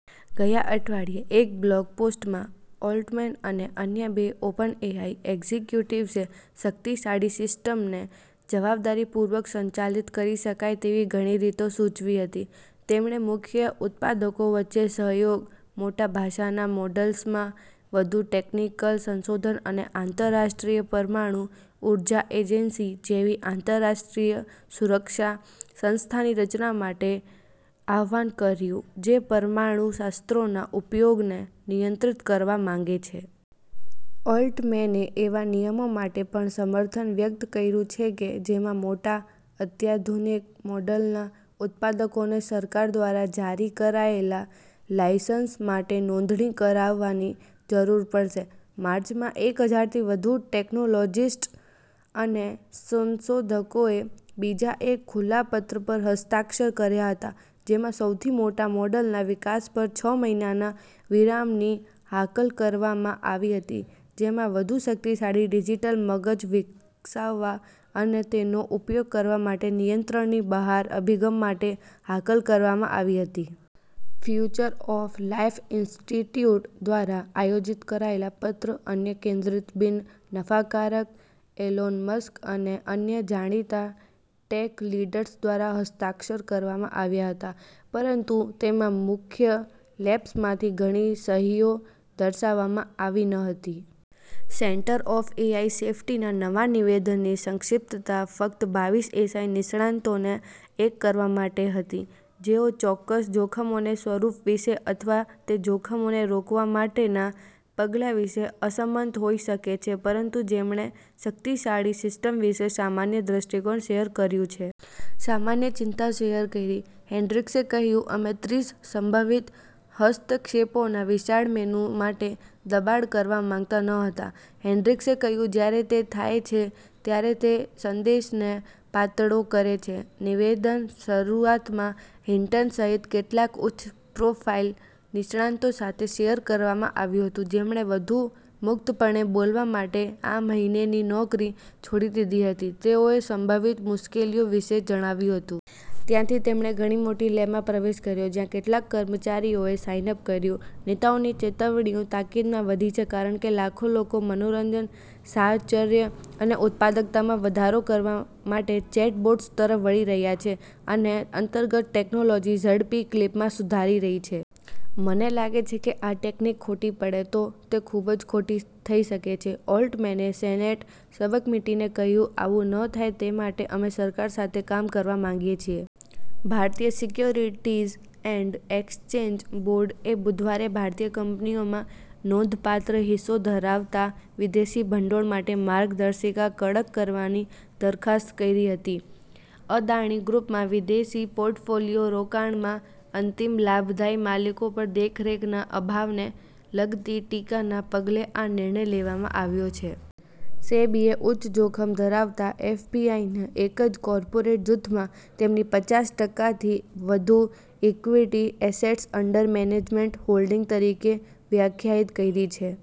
ગયા અઠવાડિયે એક બ્લોગ પોસ્ટમાં, ઓલ્ટમેન અને અન્ય બે ઓપનએઆઈ એક્ઝિક્યુટિવ્સે શક્તિશાળી સિસ્ટમ્સને જવાબદારીપૂર્વક સંચાલિત કરી શકાય તેવી ઘણી રીતો સૂચવી હતી. તેમણે મુખ્ય ઉત્પાદકો વચ્ચે સહયોગ, મોટા ભાષાના મોડલ્સમાં વધુ ટેકનિકલ સંશોધન અને આંતરરાષ્ટ્રીય પરમાણુ ઉર્જા એજન્સી જેવી આંતરરાષ્ટ્રીય સુરક્ષા સંસ્થાની રચના માટે આહ્વાન કર્યું, જે પરમાણુ શસ્ત્રોના ઉપયોગને નિયંત્રિત કરવા માંગે છે. ઓલ્ટમેને એવા નિયમો માટે પણ સમર્થન વ્યક્ત કર્યું છે કે, જેમાં મોટા, અત્યાધુનિક મોડલના ઉત્પાદકોને સરકાર દ્વારા જારી કરાયેલા લાઇસન્સ માટે નોંધણી કરાવવાની જરૂર પડશે. માર્ચમાં, એક હજાર થી વધુ ટેક્નોલોજિસ્ટ્સ અને સંશોધકોએ બીજા એક ખુલ્લા પત્ર પર હસ્તાક્ષર કર્યા હતા, જેમાં સૌથી મોટા મોડલના વિકાસ પર છ મહિનાના વિરામની હાકલ કરવામાં આવી હતી, જેમાં "વધુ શક્તિશાળી ડિજિટલ મગજ વિકસાવવા અને તેનો ઉપયોગ કરવા માટે નિયંત્રણની બહાર અભિગમ" માટે હાકલ કરવામાં આવી હતી. ફ્યુચર ઑફ લાઇફ ઇન્સ્ટિટ્યૂટ દ્વારા આયોજિત કરાયેલા પત્ર, અન્ય -કેન્દ્રિત બિન નફાકારક, એલોન મસ્ક અને અન્ય જાણીતા ટેક લીડર્સ દ્વારા હસ્તાક્ષર કરવામાં આવ્યા હતા, પરંતુ તેમાં મુખ્ય લેબ્સમાંથી ઘણી સહીઓ દર્શાવવામાં આવી ન હતી. સેન્ટર ફોર એઆઈ સેફ્ટીના નવા નિવેદનની સંક્ષિપ્તતા ફક્ત બાવીસ એઆઈ નિષ્ણાતોને એક કરવા માટે હતી, જેઓ ચોક્કસ જોખમોના સ્વરૂપ વિશે અથવા તે જોખમોને રોકવા માટેના પગલાં વિશે અસંમત હોઈ શકે છે પરંતુ, જેમણે શક્તિશાળી સિસ્ટમ્સ વિશે સામાન્ય દ્રષ્ટિકોણ શેર કર્યું છે. સામાન્ય ચિંતાઓ શેર કરી, હેન્ડ્રીક્સે કહ્યું. "અમે ત્રીસ સંભવિત હસ્તક્ષેપોના વિશાળ મેનૂ માટે દબાણ કરવા માંગતા ન હતા," હેન્ડ્રીક્સે કહ્યું. "જ્યારે તે થાય છે, ત્યારે તે સંદેશને પાતળો કરે છે. " નિવેદન શરૂઆતમાં હિન્ટન સહિત કેટલાક ઉચ્ચ-પ્રોફાઇલ નિષ્ણાતો સાથે શેર કરવામાં આવ્યું હતું, જેમણે વધુ મુક્તપણે બોલવા માટે આ મહિને ની નોકરી છોડી દીધી હતી, તેઓએ સંભવિત મુશ્કેલીઓ વિશે જણાવ્યું હતું. ત્યાંથી, તેમણે ઘણી મોટી લેબમાં પ્રવેશ કર્યો, જ્યાં કેટલાક કર્મચારીઓએ સાઇન અપ કર્યું. નેતાઓની ચેતવણીઓ તાકીદમાં વધી છે કારણ કે, લાખો લોકો મનોરંજન, સાહચર્ય અને ઉત્પાદકતામાં વધારો કરવા માટે ચેટબોટ્સ તરફ વળી રહ્યા છે, અને અંતર્ગત ટેકનોલોજી ઝડપી ક્લિપમાં સુધારી રહી છે. "મને લાગે છે કે જો આ ટેકનિક ખોટી પડે, તો તે ખૂબ જ ખોટી થઈ શકે છે," ઓલ્ટમેને સેનેટ સબકમિટીને કહ્યું. "આવુ ન થાય તે માટે અમે સરકાર સાથે કામ કરવા માંગીએ છીએ. ભારતીય સિક્યોરિટીઝ એન્ડ એક્સચેન્જ બોર્ડ એ બુધવારે ભારતીય કંપનીઓમાં નોંધપાત્ર હિસ્સો ધરાવતા વિદેશી ભંડોળ માટે માર્ગદર્શિકા કડક કરવાની દરખાસ્ત કરી હતી. અદાણી ગ્રૂપમાં વિદેશી પોર્ટફોલિયો રોકાણમાં અંતિમ લાભદાયી માલિકો પર દેખરેખના અભાવને લગતી ટીકાના પગલે આ નિર્ણય લેવામાં આવ્યો છે. સેબીએ ઉચ્ચ જોખમ ધરાવતા એફપીઆઈને એક જ કોર્પોરેટ જૂથમાં તેમની પચાસ ટકા થી વધુ equity assets under management holding તરીકે વ્યાખ્યાયિત કરી છે.